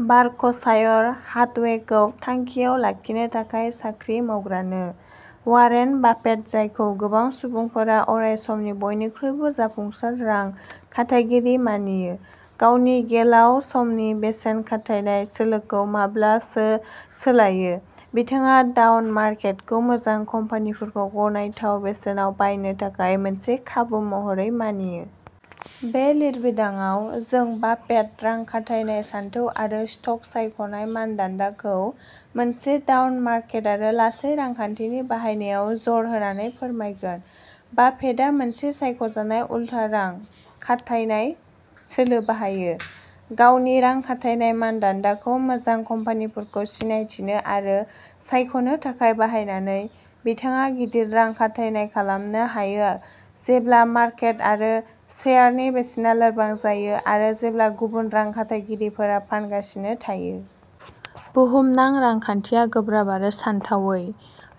Berkshire हाथवेखौ थांखियाव लाखिनो थाखाय साख्रि मावग्रानो? "वारेन बाफेट, जायखौ गोबां सुबुंफोरा अरायसमनि बयनिख्रुइबो जाफुंसार रां खाथायगिरि मानियो, गावनि गोलाव समनि बेसेन खाथायनाय सोलोखौ माब्लाबासो सोलायो। बिथाङा डाउन मार्केटखौ मोजां कम्पानिफोरखौ गनायथाव बेसेनाव बायनो थाखाय मोनसे खाबु महरै मानियो। बे लिरबिदांआव, जों बाफेट रां खाथायनाय सानथौ आरो स्टक-सायख'नाय मानदान्दाखौ मोनसे डाउन मार्केट आरो लासै रांखान्थिनि बाहायनायाव जर होनानै फोरमायगोन। बाफेटआ मोनसे सायख'जानाय उल्था रां खाथायनाय सोलो बाहायो। गावनि रां खाथायनाय मानदान्दाखौ मोजां कम्पानिफोरखौ सिनायथिनो आरो सायख'नो थाखाय बाहायनानै, बिथाङा गिदिर रां खाथायनाय खालामनो हायो जेब्ला मार्केट आरो शेयारनि बेसेना लोरबां जायो आरो जेब्ला गुबुन रां खाथायगिरिफोरा फानगासिनो थायो। बुहुमनां रांखान्थिया गोब्राब आरो सानथावै।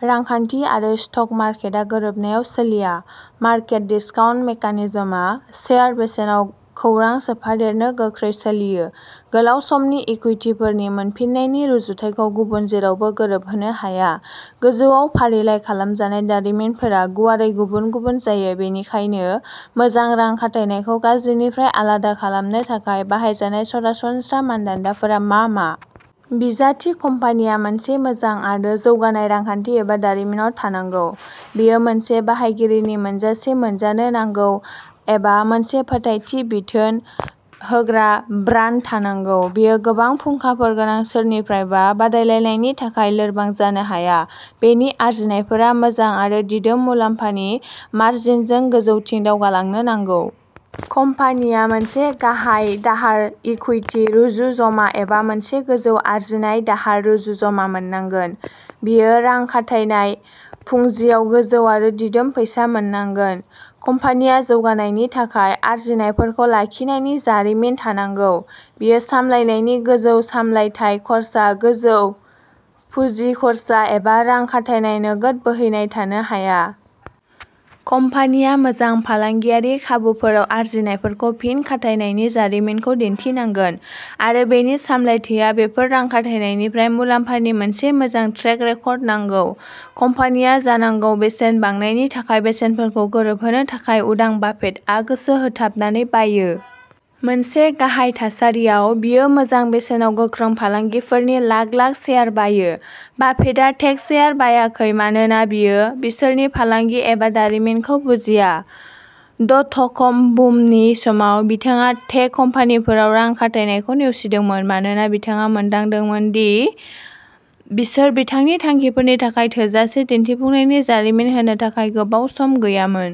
रांखान्थि आरो स्टक मार्केटआ गोरोबनायाव सोलिया। मार्केट डिस्काउन्ट मेकानिजमआ शेयार बेसेनाव खौरां सोफादेरनो गोख्रै सोलियो। गोलाव समनि इकुइटिफोरनि मोनफिन्नायनि रुजुथायखौ गुबुन जेरावबो गोरोबहोनो हाया। गोजौआव फारिलाइ खालामजानाय दारिमिनफोरा गुवारै गुबुन-गुबुन जायो, बेनिखायनो मोजां रां खाथायनायखौ गाज्रिनिफ्राय आलादा खालामनो थाखाय बाहायजानाय सरासनस्रा मानदान्दाफोरा मा मा? बिजाथि कम्पानिया मोनसे मोजां आरो जौगानाय रांखान्थि एबा दारिमिनाव थानांगौ। बेयो मोनसे बाहायगिरिनि मोनजासे मोनजानो नांगौ एबा मोनसे फोथायथि-बिथोन होग्रा ब्रान्ड थानांगौ। बेयो गोबां फुंखाफोर गोनां सोरनिफ्रायबा बादायलायनायनि थाखाय लोरबां जानो हाया। बेनि आर्जिनायफोरा मोजां आरो दिदोम मुलाम्फानि मार्जिनजों गोजौथिं दावगालांनो नांगौ। कम्पानिया मोनसे गाहाय दाहार/इकुइटि रुजुज'मा एबा मोनसे गोजौ आर्जिनाय/दाहार रुजुज'मा मोननांगोन। बेयो रां खाथायनाय पुँजियाव गोजौ आरो दिदोम फैसा मोननांगोन। कम्पानिया जौगानायनि थाखाय आर्जिनायफोरखौ लाखिनायनि जारिमिन थानांगौ। बेयो सामलायनायनि गोजौ सामलायथाय खर्सा, गोजौ पुजि खर्सा एबा रां खाथायनाय नोगोद बोहैनाय थानो हाया। कम्पानिया मोजां फालांगियारि खाबुफोराव आर्जिनायफोरखौ फिन खाथायनायनि जारिमिनखौ दिन्थिनांगोन, आरो बेनि सामलायथाया बेफोर रां खाथायनायनिफ्राय मुलाम्फानि मोनसे मोजां ट्रेक रेकर्ड नांगौ। कम्पानिया जानांगौ बेसेन बांनायनि थाखाय बेसेनफोरखौ गोरोबहोनो थाखाय उदां। बाफेटआ गोसो होथाबनानै बाययो। मोनसे गाहाय थासारियाव, बियो मोजां बेसेनाव गोख्रों फालांगिफोरनि लाख-लाख शेयार बायो। बाफेटआ टेक शेयार बायाखै मानोना बियो बिसोरनि फालांगि एबा दारिमिनखौ बुजिया; डटक'म बुमनि समाव, बिथाङा टेक कम्पानिफोराव रां खाथायनायखौ नेवसिदोंमोन मानोना बिथाङा मोनदांदोंमोन दि बिसोर बिथांनि थांखिफोरनि थाखाय थोजासे दिन्थिफुंनायनि जारिमिन होनो थाखाय गोबाव सम गैयामोन।